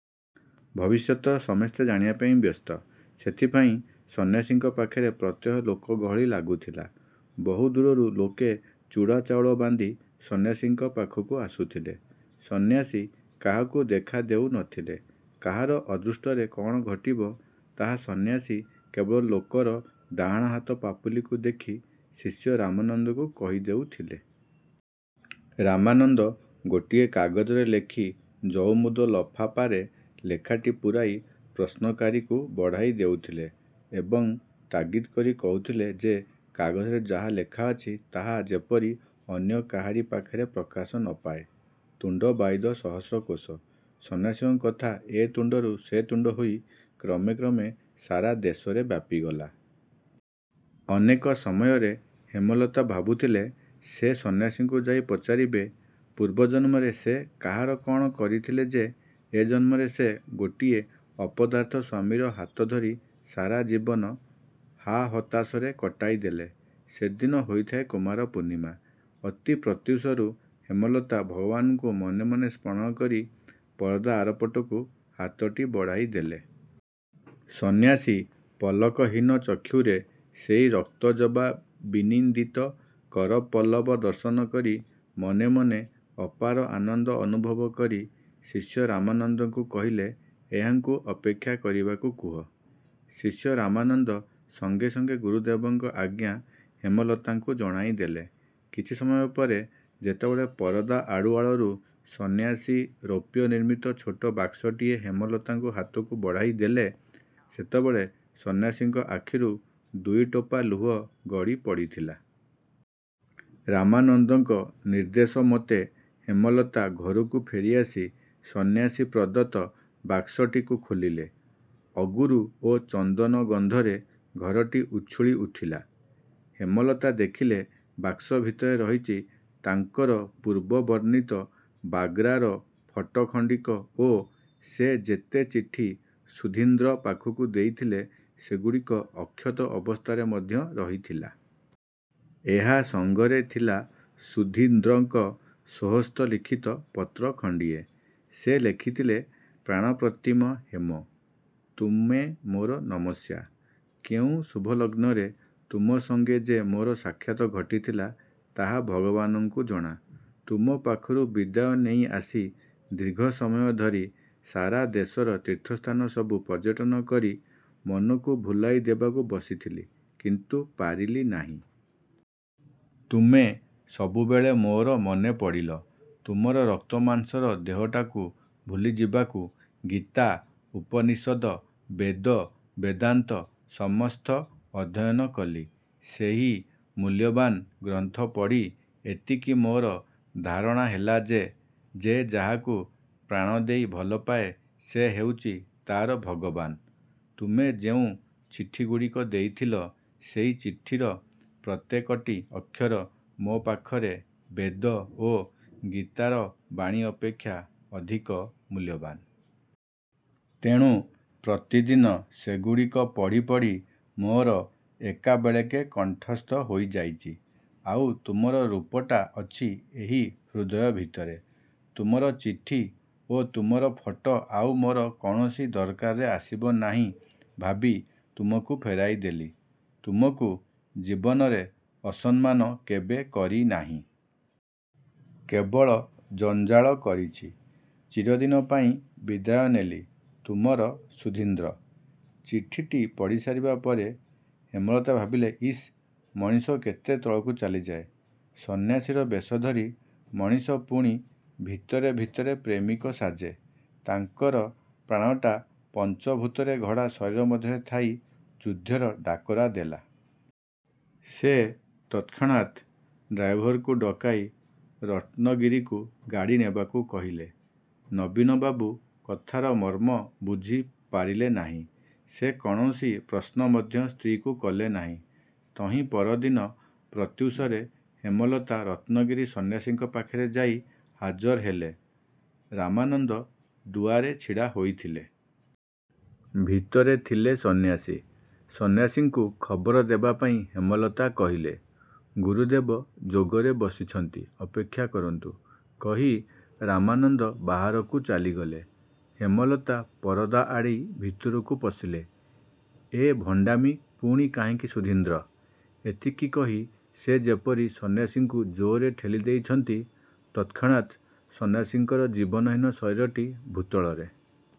ଭବିଷ୍ୟତ ସମସ୍ତେ ଜାଣିବା ପାଇଁ ବ୍ୟସ୍ତ। ସେଥିପାଇଁ ସନ୍ୟାସୀଙ୍କ ପାଖରେ ପ୍ରତ୍ୟହ ଲୋକ ଗହଳି ଲାଗୁଥିଲା। ବହୁ ଦୂରରୁ ଲୋକେ ଚୁଡ଼ା, ଚାଉଳ ବାନ୍ଧି ସନ୍ୟାସୀଙ୍କ ପାଖକୁ ଆସୁଥିଲେ। ସନ୍ୟାସୀ କାହାକୁ ଦେଖାଦେଉନଥିଲେ। କାହାର ଅଦୃଷ୍ଟରେ କ'ଣ ଘଟିବ ତାହା ସନ୍ୟାସୀ କେବଳ ଲୋକର ଡାହାଣ ହାତ ପାପୁଲିକୁ ଦେଖି ଶିଷ୍ୟ ରାମାନନ୍ଦଙ୍କୁ କହିଦେଉଥିଲେ। ରାମାନନ୍ଦ ଗୋଟିଏ କାଗଜରେ ଲେଖି ଜଉମୁଦ ଲଫାପାରେ ଲେଖାଟି ପୂରାଇ ପ୍ରଶ୍ନକାରୀକୁ ବଢ଼ାଇ ଦେଉଥିଲେ ଏବଂ ତାଗିଦ୍ କରି କହୁଥିଲେ ସେ କାଗଜରେ ଯାହା ଲେଖାଅଛି ତାହା ଯେପରି ଅନ୍ୟ କାହାରି ପାଖରେ ପ୍ରକାଶ ନ ପାଏ। ତୁଣ୍ଡ ବାଇଦ ସହସ୍ର କୋଶ। ସନ୍ୟାସୀଙ୍କ କଥା ଏ ତୁଣ୍ଡରୁ ସେ ତୁଣ୍ଡ ହୋଇ କ୍ରମେ କ୍ରମେ ସାରା ଦେଶରେ ବ୍ଯାପିଗଲା। ଅନେକ ସମୟରେ ହେମଲତା ଭାବୁଥିଲେ ସେ ସନ୍ୟାସୀଙ୍କୁ ଯାଇ ପଚାରିବେ ପୂର୍ବ ଜନ୍ମରେ ସେ କାହାର କ'ଣ କରିଥିଲେ ଯେ ଏ ଜନ୍ମରେ ସେ ଗୋଟିଏ ଅପଦାର୍ଥ ସ୍ୱାମୀର ହାତଧରି ସାରା ଜୀବନ ହାହତାଶରେ କଟାଇଦେଲେ। ସେଦିନ ହୋଇଥାଏ କୁମାରପୂର୍ଣ୍ଣିମା। ଅତି ପ୍ରତ୍ୟୁଷରୁ ହେମଲତା ଭଗବାନଙ୍କୁ ମନେମନେ ସ୍ମରଣ କରି ପରଦା ଆରପଟକୁ ହାତଟି ବଢ଼ାଇଦେଲେ। ସନ୍ୟାସୀ ପଲକହୀନ ଚକ୍ଷୁରେ ସେହି ରକ୍ତଜବା ବିନିନ୍ଦିତ କରପଲ୍ଲବ ଦର୍ଶନ କରି ମନେମନେ ଅପାର ଆନନ୍ଦ ଅନୁଭବ କରି ଶିଷ୍ୟ ରାମାନନ୍ଦଙ୍କୁ କହିଲେ, ''ଏହାଙ୍କୁ ଅପେକ୍ଷା କରିବାକୁ କୁହ। '' ଶିଷ୍ୟ ରାମାନନ୍ଦ ସଙ୍ଗେ ସଙ୍ଗେ ଗୁରୁଦେବଙ୍କ ଆଜ୍ଞା ହେମଲତାଙ୍କୁ ଜଣାଇଦେଲେ। କିଛି ସମୟ ପରେ ଯେତେବେଳେ ପରଦା ଆଢ଼ୁଆଳରୁ ସନ୍ୟାସୀ ରୌପ୍ୟ ନିର୍ମିତ ଛୋଟ ବାକ୍ସଟିଏ ହେମଲତାଙ୍କ ହାତକୁ ବଢ଼ାଇଦେଲେ, ସେତେବେଳେ ସନ୍ୟାସୀଙ୍କ ଆଖିରୁ ଦୁଇଟୋପା ଲୁହ ଗଡ଼ି ପଡ଼ିଥିଲା। ରାମାନନ୍ଦଙ୍କ ନିର୍ଦ୍ଦେଶମତେ ହେମଲତା ଘରକୁ ଫେରିଆସି ସନ୍ୟାସୀ ପ୍ରଦତ୍ତ ବାକ୍ସଟିକୁ ଖୋଲିଲେ। ଅଗୁରୁ ଓ ଚନ୍ଦନ ଗନ୍ଧରେ ଘରଟି ଉଛୁଳିଉଠିଲା। ହେମଲତା ଦେଖିଲେ ବାକ୍ସ ଭିତରେ ରହିଛି ତାଙ୍କର ପୂର୍ବ ବର୍ଣ୍ଣିତ ବାଗ୍ରାର ଫଟୋ ଖଣ୍ଡିକ ଓ ସେ ଯେତେ ଚିଠି ସୁଧୀନ୍ଦ୍ର ପାଖକୁ ଦେଇଥିଲେ, ସେଗୁଡ଼ିକ ଅକ୍ଷତ ଅବସ୍ଥାରେ ମଧ୍ୟ ରହିଥିଲା। ଏହା ସଙ୍ଗରେ ଥିଲା ସୁଧୀନ୍ଦ୍ରଙ୍କ ସ୍ୱହସ୍ତ ଲିଖିତ ପତ୍ର ଖଣ୍ଡିଏ। ସେ ଲେଖିଥିଲେ ''ପ୍ରାଣପ୍ରତିମ ହେମ! '' ତୁମେ ମୋର ନମସ୍ୟା। କେଉଁ ଶୁଭଲଗ୍ନରେ ତୁମ ସଙ୍ଗେ ଯେ ମୋର ସାକ୍ଷାତ ଘଟିଥିଲା, ତାହା ଭଗବାନଙ୍କୁ ଜଣା। ତୁମ ପାଖରୁ ବିଦାୟ ନେଇ ଆସି ଦୀର୍ଘସମୟ ଧରି ସାରାଦେଶର ତୀର୍ଥସ୍ଥାନ ସବୁ ପର୍ଯ୍ୟଟନ କରି ମନକୁ ଭୁଲାଇ ଦେବାକୁ ବସିଥିଲି କିନ୍ତୁ ପାରିଲି ନାହିଁ-। ତୁମେ ସବୁବେଳେ ମୋର ମନେପଡ଼ିଲ। ତୁମର ରକ୍ତମାଂସର ଦେହଟାକୁ ଭୁଲିଯିବାକୁ ଗୀତା, ଉପନିଷଦ, ବେଦ, ବେଦାନ୍ତ ସମସ୍ତ ଅଧ୍ୟୟନ କଲି। ସେହି ମୂଲ୍ୟବାନ୍ ଗ୍ରନ୍ଥ ପଢ଼ି ଏତିକି ମୋର ଧାରଣା ହେଲା ଯେ, ଯେ ଯାହାକୁ ପ୍ରାଣଦେଇ ଭଲପାଏ ସେ ହେଉଛି ତା'ର ଭଗବାନ। ତୁମେ ଯେଉଁ ଚିଠିଗୁଡ଼ିକ ଦେଇଥିଲ, ସେହି ଚିଠିର ପ୍ରତ୍ୟେକଟି ଅକ୍ଷର ମୋ ପାଖରେ ବେଦ ଓ ଗୀତାର ବାଣୀ ଅପେକ୍ଷା ଅଧିକ ମୂଲ୍ୟବାନ। ତେଣୁ ପ୍ରତିଦିନ ସେଗୁଡ଼ିକ ପଢ଼ିପଢ଼ି ମୋର ଏକାବେଳକେ କଣ୍ଠସ୍ଥ ହୋଇଯାଇଛି। ଆଉ ତୁମର ରୂପଟା ଅଛି ଏହି ହୃଦୟ ଭିତରେ। ତୁମର ଚିଠି ଓ ତୁମର ଫଟୋ ଆଉ ମୋର କୌଣସି ଦରକାରରେ ଆସିବ ନାହିଁ ଭାବି ତୁମକୁ ଫେରାଇଦେଲି। ତୁମକୁ ଜୀବନରେ ଅସମ୍ମାନ କେବେ କରିନାହିଁ। କେବଳ ଜଞ୍ଜାଳ କରିଛି-। ଚିରଦିନ ପାଇଁ ବିଦାୟ ନେଲି। ତୁମର ସୁଧୀନ୍ଦ୍ର। '' ଚିଠିଟି ପଢ଼ିସାରିବା ପରେ ହେମଲତା ଭାବିଲେ, ''ଇସ୍ ମଣିଷ କେତେ ତଳକୁ ଚାଲିଯାଏ। ସନ୍ୟାସୀର ବେଶଧରି ମଣିଷ ପୁଣି ଭିତରେ ଭିତରେ ପ୍ରେମିକ ସାଜେ? '' ତାଙ୍କର ପ୍ରାଣଟା ପଞ୍ଚଭୂତରେ ଗଢ଼ା ଶରୀର ମଧ୍ୟରେ ଥାଇ ଯୁଦ୍ଧର ଡାକରା ଦେଲା। ସେ ତତ୍କ୍ଷଣାତ ଡ୍ରାଇଭରକୁ ଡକାଇ ରତ୍ନଗିରିକୁ ଗାଡ଼ି ନେବାକୁ କହିଲେ। ନବୀନବାବୁ କଥାର ମର୍ମ ବୁଝିପାରିଲେ ନାହିଁ। ସେ କୌଣସି ପ୍ରଶ୍ନ ମଧ୍ୟ ସ୍ତ୍ରୀକୁ କଲେ ନାହିଁ। ତହିଁ ପରଦିନ ପ୍ରତ୍ୟୁଷରେ ହେମଲତା ରତ୍ନଗିରି ସନ୍ୟାସୀଙ୍କ ପାଖରେ ଯାଇ ହାଜର ହେଲେ। ରାମାନନ୍ଦ ଦୁଆରେ ଛିଡ଼ା ହୋଇଥିଲେ। ଭିତରେ ଥିଲେ ସନ୍ୟାସୀ। ସନ୍ୟାସୀଙ୍କୁ ଖବର ଦେବାପାଇଁ ହେମଲତା କହିଲେ। ''ଗୁରୁଦେବ ଯୋଗରେ ବସିଛନ୍ତି। ଅପେକ୍ଷା କରନ୍ତୁ। '' କହି ରାମାନନ୍ଦ ବାହାରକୁ ଚାଲିଗଲେ। ହେମଲତା ପରଦା ଆଡ଼େଇ ଭିତରକୁ ପଶିଲେ। ''ଏ ଭଣ୍ଡାମି ପୁଣି କାହିଁକି ସୁଧୀନ୍ଦ୍ର? '' ଏତିକି କହି ସେ ଯେପରି ସନ୍ୟାସୀଙ୍କୁ ଜୋରରେ ଠେଲି ଦେଇଛନ୍ତି ତତ୍କ୍ଷଣାତ୍ ସନ୍ୟାସୀଙ୍କର ଜୀବନହୀନ ଶରୀରଟି ଭୂତଳରେ।